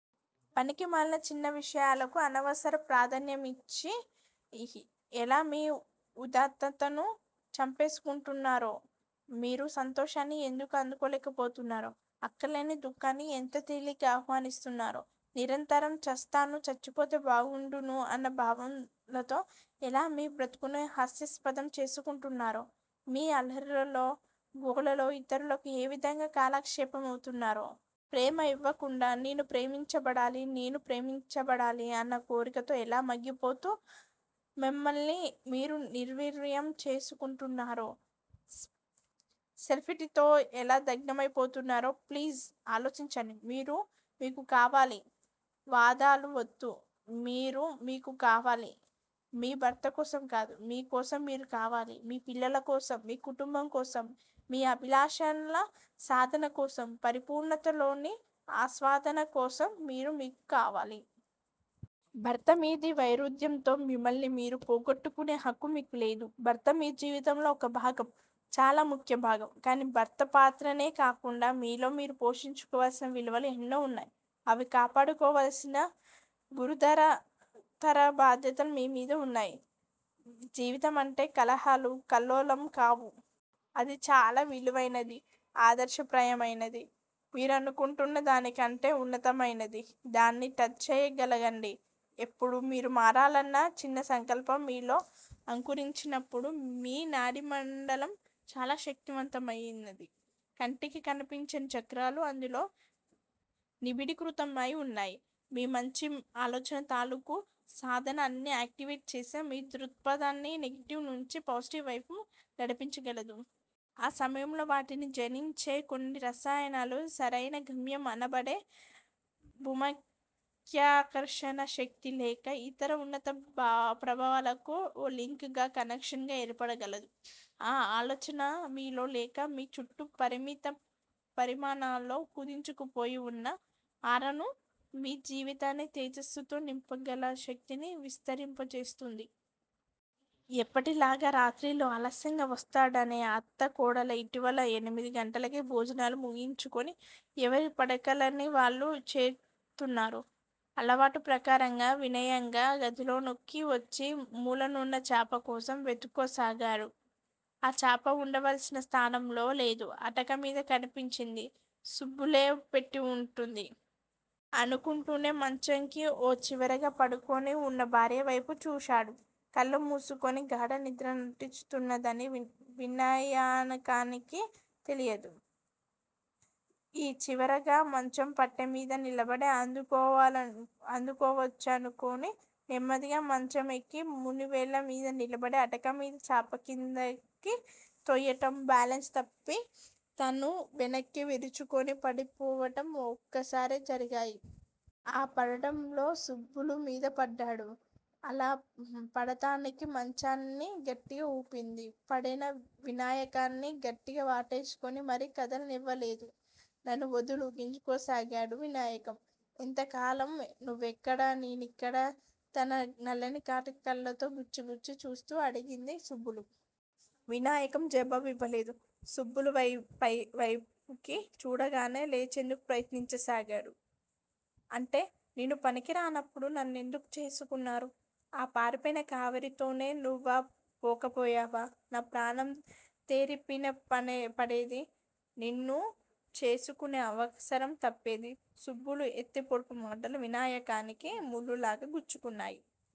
పనికిమాలిన చిన్న విషయాలకు అనవసర ప్రాధాన్యమిచ్చి ఎలా మీ ఉదాత్తతను చంపేసుకుంటున్నారో. మీరు సంతోషాన్ని ఎందుకు అందుకోలేకపోతున్నారో. అక్కర్లేని దుఃఖాన్ని ఎంత తేలిగ్గా ఆహ్వానిస్తున్నారో. నిరంతరం 'చస్తాను చచ్చిపోతే బావుండును' అన్న భావనలతో ఎలా మీ బ్రతుకును హాస్యాస్పదం చేసేసుకుంటున్నారో. మీ అల్లరితో, గోలతో ఇతరులకు ఏ విధంగా కాలక్షేపమవుతున్నారో. ప్రేమ ఇవ్వకుండా 'నేను ప్రేమించబడాలి. నేను ప్రేమించబడాలి' అన్నకోరికతో ఎలా మగ్గిపోతూ, మిమ్మల్ని మీరు నిర్వీర్యం చేసేసుకుంటున్నారో. సెల్ఫ్పిటీతో ఎలా దగ్ధమైపోతున్నారో ప్లీజ్! ఆలోచించండి మీరు మీకు కావాలి. వాదాలు వద్దు. మీరు మీకు కావాలి. మీ భర్తకోసం కాదు, మీకోసం మీరు కావాలి. మీ పిల్లలకోసం, మీ కుటుంబంకోసం, మీ అభిలాషల సాధనకోసం, పరిపూర్ణతలోని ఆస్వాదన కోసం మీరు మీకు కావాలి. భర్త మీది వైరుధ్యంతో మిమ్మల్ని మీరు పోగొట్టుకునే హక్కు మీకు లేదు! భర్త మీ జీవితంలో ఒక భాగం. చాలా ముఖ్యభాగం. కాని భర్తపాత్రనే కాకుండా మీలో మీరు పోషించవలసిన విలువలు ఎన్నో వున్నాయి. అవి కాపాడుకోవలసిన గురుతర బాధ్యత మీమీద వుంది. జీవితమంటే కలహాలూ, కల్లోలం కావు. అది చాల విలువైనదీ, ఆదర్శప్రాయమైనదీ, మీరనుకుంటున్న దానికంటే ఉన్నతమైనదీ. దాన్ని టచ్ చేయగలగండి. ఎప్పుడు? మీరు మారాలన్న చిన్న సంకల్పం మీలో అంకురించినప్పుడు. మీ నాడీమండలం చాలా శక్తిమంతమైనది. కంటికి కనిపించని 'చక్రాలు' అందులో నిబిడీకృతమై వున్నాయి. మీ మంచి ఆలోచన తాలుకు సాధన దాన్ని ఆక్టివేట్ చేసి మీ దృక్పథాన్ని నెగెటివ్ నుంచి పాజిటివ్ వైపు నడిపించగలదు. ఆ సమయంలో వాటిలో జనించే కొన్ని రసాయనాలు సరియైన గమ్యం అనబడే భూమ్యాకర్షణ శక్తి లేక ఇతర ఉన్నత ప్రభావాలకు ఓ లింక్ గా, కనెక్షన్ గా ఏర్పడగలదు. ఆ ఆలోచన మీలో లేక మీ చుట్టూ పరిమిత పరిమాణాల్లో కుదించుకుపోయి వున్న 'ఆరా'ను మీ జీవితాన్ని తేజస్సుతో నింపగల స్థాయిలో విస్తరింపచేస్తుంది. ఎప్పటిలా రాత్రిళ్ళు ఆలస్యంగా వస్తాడనే అత్తా కోడలు యిటీవల ఎనిమిది గంటలకే భోజనాలు ముగించుకుని ఎవరి పడకలనివాళ్ళు చేరుతున్నారు. అలవాటు ప్రకారంగా వినాయకం గదిలోకి వచ్చి మూలనున్న చాప కోసం వెతుక్కోసాగాడు. ఆ చాప వుండవలసిన స్తానంలో లేదు. ఆటక మీద కనిపించింది. సుబ్బులే పెట్టివుంటుంది! అనుకుంటూనే మంచంకి ఓ చివరగా పడుకుని వున్న భార్యవైపుకి చూశాడు. కళ్ళు మూసుకుని గాఢ నిద్ర నటించుతున్నదని వినాయకానికి తెలియదు. ఈ చివరగా మంచం పట్టె మీద నిలబడి అందుకోవచ్చుననుకుని నెమ్మదిగా మంచంఎక్కి మునివేళ్ళమీద నిలబడి అటకమీద చాపక్రిందకి తోయటం, బాలెన్సు తప్పి తను వెనక్కి విరుచుకుని పడిపోవటం ఒక్కసారే జరిగాయి. ఆ పడటంలో సుబ్బులు మీద పడ్డాడు. అలా పడతానికే మంచాన్ని గట్టిగా ఊపింది. పడిన వినాయకాన్ని గట్టిగా వాటేసుకుని మరి కదలనివ్వలేదు. నన్ను వదులు! గింజుకోసాగాడు వినాయకం. ఎంత కాలం నువ్వక్కడ? నేనిక్కడ? తన నల్లటి కాటుక కళ్ళతో గుచ్చి గుచ్చి చూస్తూ అడిగింది సుబ్బులు. వినాయకం జవాబు యివ్వలేదు. సుబ్బులు వైపుకి చూడకుండానే లేచేందుకు ప్రయత్నించసాగాడు. అంటే? నేను పనికి రానప్పుడు నన్నెందుకు చేసుకున్నారు? ఆ పారిపోయిన కావేరితోనే నువ్వా పోకపోయావా? నా ప్రాణం తెరిపినపడేది. నిన్ను చేసుకునే అవసరం తప్పేది. సుబ్బులు ఎత్తి పొడుపు మాటలు వినాయకానికి ముల్లులాగా గుచ్చుకున్నాయి.